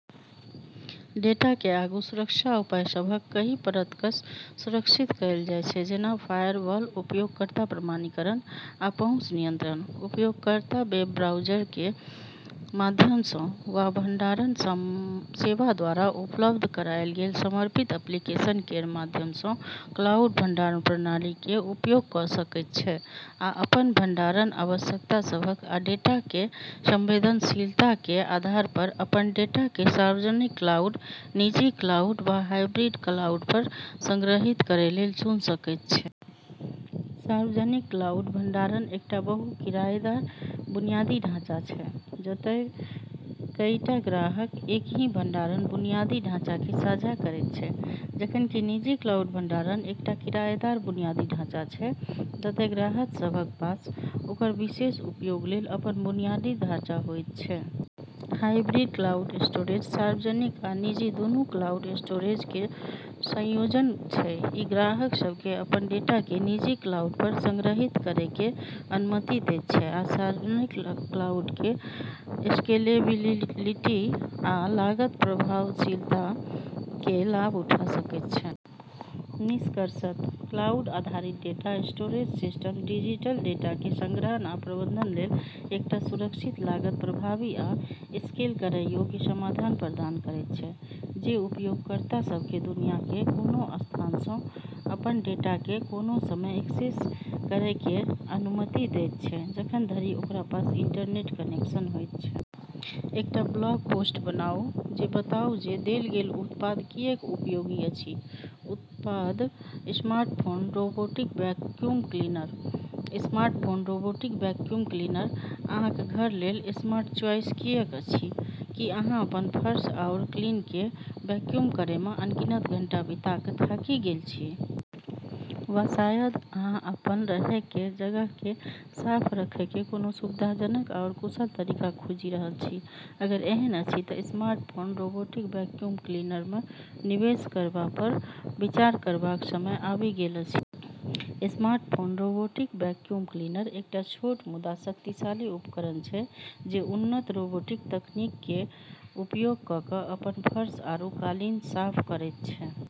डेटाकेँ आगू सुरक्षा उपाय सभक कई परतकसँ सुरक्षित कएल जाइत छै, जेना फायरवॉल, उपयोगकर्ता प्रमाणीकरण, आ पहुँच नियंत्रण। उपयोगकर्ता वेब ब्राउज़र केर माध्यमसँ वा भंडारण सेवाद्वारा उपलब्ध कराएल गेल समर्पित एप्लीकेशन केर माध्यमसँ क्लाउड भंडारण प्रणाली केर उपयोग कऽ सकैत छै, आ अपन भंडारण आवश्यकता सभक आ डेटा केर संवेदनशीलता केर आधारपर, अपन डेटाकेँ सार्वजनिक क्लाउड, निजी क्लाउड वा हाइब्रिड क्लाउडपर संग्रहीत करै लेल चुन सकैत छै। सार्वजनिक क्लाउड भंडारण एकटा बहु-किरायेदार बुनियादी ढाँचा छै, जतए कईटा ग्राहक एकही भंडारण बुनियादी ढाँचाकेँ साझा करैत छै, जखन कि निजी क्लाउड भंडारण एकटा किरायेदार बुनियादी ढाँचा छै, जतए ग्राहक सभक पास ओकर विशेष उपयोग लेल अपन बुनियादी ढाँचा होइत छै। हाइब्रिड क्लाउड स्टोरेज सार्वजनिक आ निजी दूनू क्लाउड स्टोरेज केर संयोजन छै; ई ग्राहक सभकेँ अपन डेटाकेँ निजी क्लाउडपर संग्रहीत करै केर अनुमति दैत छै आ सार्वजनिक क्लाउड केर स्केलेबिलिटी आ लागत-प्रभावशीलता केर लाभ उठा सकैत छै। निष्कर्षतः, क्लाउड आधारित डेटा स्टोरेज सिस्टम डिजिटल डेटाकेँ संग्रहण आ प्रबंधन लेल एकटा सुरक्षित, लागत प्रभावी आ स्केल करै योग्य समाधान प्रदान करैत छै, जे उपयोगकर्ता सभकेँ दुनिया केर कोनो स्थानसँ अपन डेटाकेँ कोनो समय एक्सेस करै केर अनुमति दैत छै, जखन धरि ओकरा पास इंटरनेट कनेक्शन होइत छै। एकटा ब्लॉग पोस्ट बनाउ जे बताउ जे देल गेल उत्पाद किऐक उपयोगी अछि। उत्पाद: smartphone robotic vacuum cleaner. Smartphone robotic vacuum cleaner अहाँक घर लेल स्मार्ट चॉइस किऐक अछि? की अहाँ अपन फर्श आओर कालीनकेँ वैक्यूम करैमे अनगिनत घंटा बिता कऽ थाकि गेल छी? वा शायद अहाँ अपन रहै केर जगहकेँ साफ रखै केर कोनो सुविधाजनक आओर कुशल तरीका खोजि रहल छी। अगर एहन अछि तऽ स्मार्टफोन रोबोटिक वैक्यूम क्लीनरमे निवेश करबापर विचार करबाक समय आबि गेल अछि। स्मार्टफोन रोबोटिक वैक्यूम क्लीनर एकटा छोट मुदा शक्तिशाली उपकरण छै जे उन्नत रोबोटिक तकनीक केर उपयोग कऽ कऽ अपन फर्श आरू कालीन साफ करैत छै।